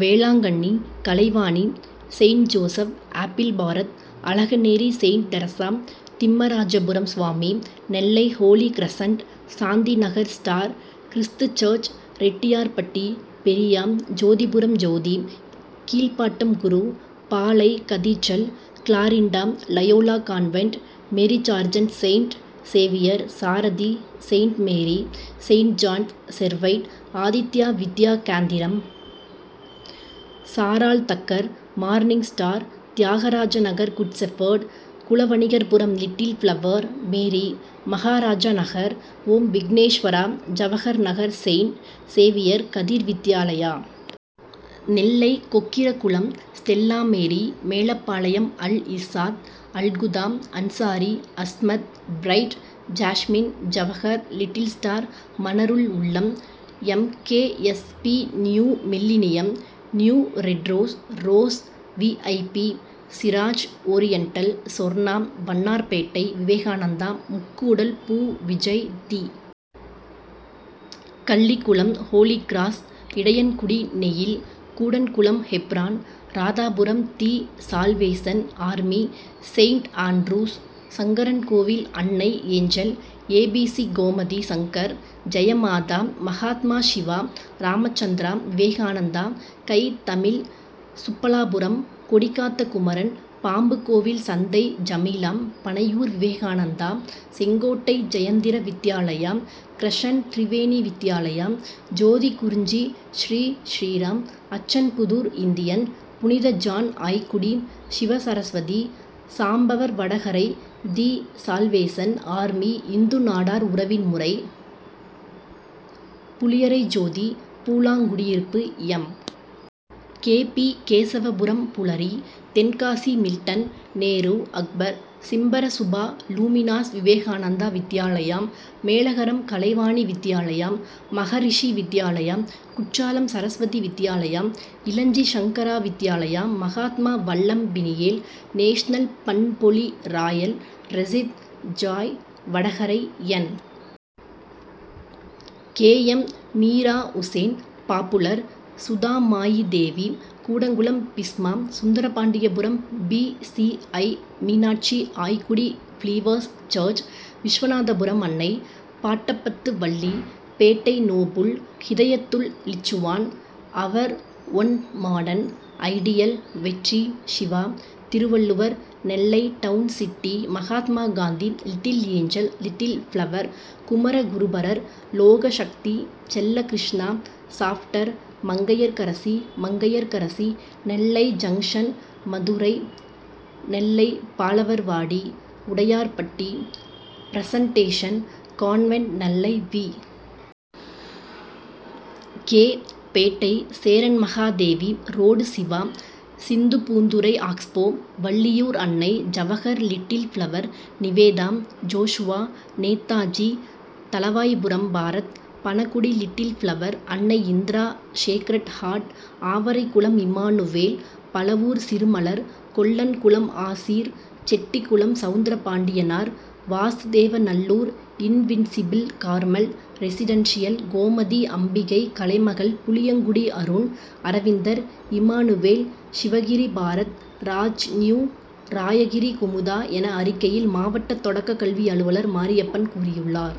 Velankanni, Kalaivani, saint Joseph, apple, Bharat, Azhaganeri saint Teresa, Thimmarajapuram Swami, Nellai holy crescent, Shanthinagar star, கிருஸ்து church, Rettiyarpatti Periya, Jothipuram Jothi, Keezhapattam Guru, Palai., cathedral, Clarinda, Loyola convent, Mary Sargent, saint Xavier, Sarathi, saint Mary, saint John's, Servite, Aditya Vidya Kendram, சாராள் Tucker, morning star, Thiyagarajanagar good shepherd, Kulavanigarpuram little flower, Mary, Maharajanagar Om Vigneswara, Jawaharnagar saint Xavier, Kathir Vidyalaya. Nellai Kokkirakulam Stella Mary, Melapalayam Al Irshad, Alhuda, Ansari, Asmath, bright, jasmine, Jawahar, little star, Manarul Ulum, M. K. S. P., new millennium, new red rose, rose, V. I. P., Siraj oriental, Sorna, Vannarpettai Vivekananda, Mukkudal பூ விஜய், தி. Kallikulam holy cross, Idaiyankudi Neil, Koodankulam Hebron, Radhapuram the salvation army, saint Andrew's. Sankarankovil Annai, angel, A. B. C., Gomathi Shankar, Jaya Matha, Mahatma, Siva, Ramachandra, Vivekananda, Thai Tamil, Subbalapuram Kodikatha Kumaran, Pambukovilsanthai Jameela, Panaiyur Vivekananda, Sengottai Jayendra Vidyalaya, crescent, Triveni Vidyalaya, Jothi Kurinji, Sri, Sriram, Achanpudur Indian, புனித John, Aykudi Sivasaraswathi, Sambavarvadakarai the salvation army, Hindu Nadar உறவின் முறை, Puliyarai Jothi, Poolankudiyiruppu M. K. P., Kesavapuram Pulari. Tenkasi Milton, Nehru, Akbar, சிம்பர Subha Luminous, Vivekananda Vidyalaya, Melagaram Kalaivani Vidyalaya, Maharishi Vidyalaya, Courtallam Saraswathi Vidyalaya, Ilanji Sankara Vidyalaya, Mahatma, Vallam Peniel, national, Panpozhi royal, ரெசித், Joy, Vadakarai N. K. M. Meera Hussain, popular, Sudha Mayi Devi, Koodankulam Bisma, Sundarapandiapuram P. C. I., Meenakshi, Aykudi believers church, Viswanathapuram Annai, Pattapathu Valli. Pettai noble, Hidayathul லிச்சுவான், our own modern, ideal, Vetri, Siva, Thiruvalluvar, Nellai town city, Mahatma Gandhi, little angel, little flower, Kumaraguruparar, Logasakthi, Chellakrishna, Schaffter, Mangaiyarkarasi, Mangaiyarkarasi, Nellai junction Madurai, Nellai Balarvadi, Udayarpatti presentation convent, Nellai V. K., Pettai Cheranmahadevi road Siva, Sindhupoonthurai ஆக்ஸ்போ, Valliyur Annai, Jawahar, little flower, Nivetha, Joshua, Netaji. Thalavaipuram Bharat, Panagudi little flower, Annai Indira, sacred heart, Avaraikulam Immanuel, Pazhavur சிறுமலர், Kollankulam Aseer, Chettikulam Soundarapandianar, Vasudevanallur invincible, Carmel residential, Gomathi Ambigai, Kalaimagal, Puliyangudi Arun, Aravindar, Immanuel, Sivagiri Bharat, Raj new, Rayagiri Kumudha என அறிக்கையில் மாவட்ட தொடக்கக்கல்வி அலுவலர் மாரியப்பன் கூறியுள்ளார்.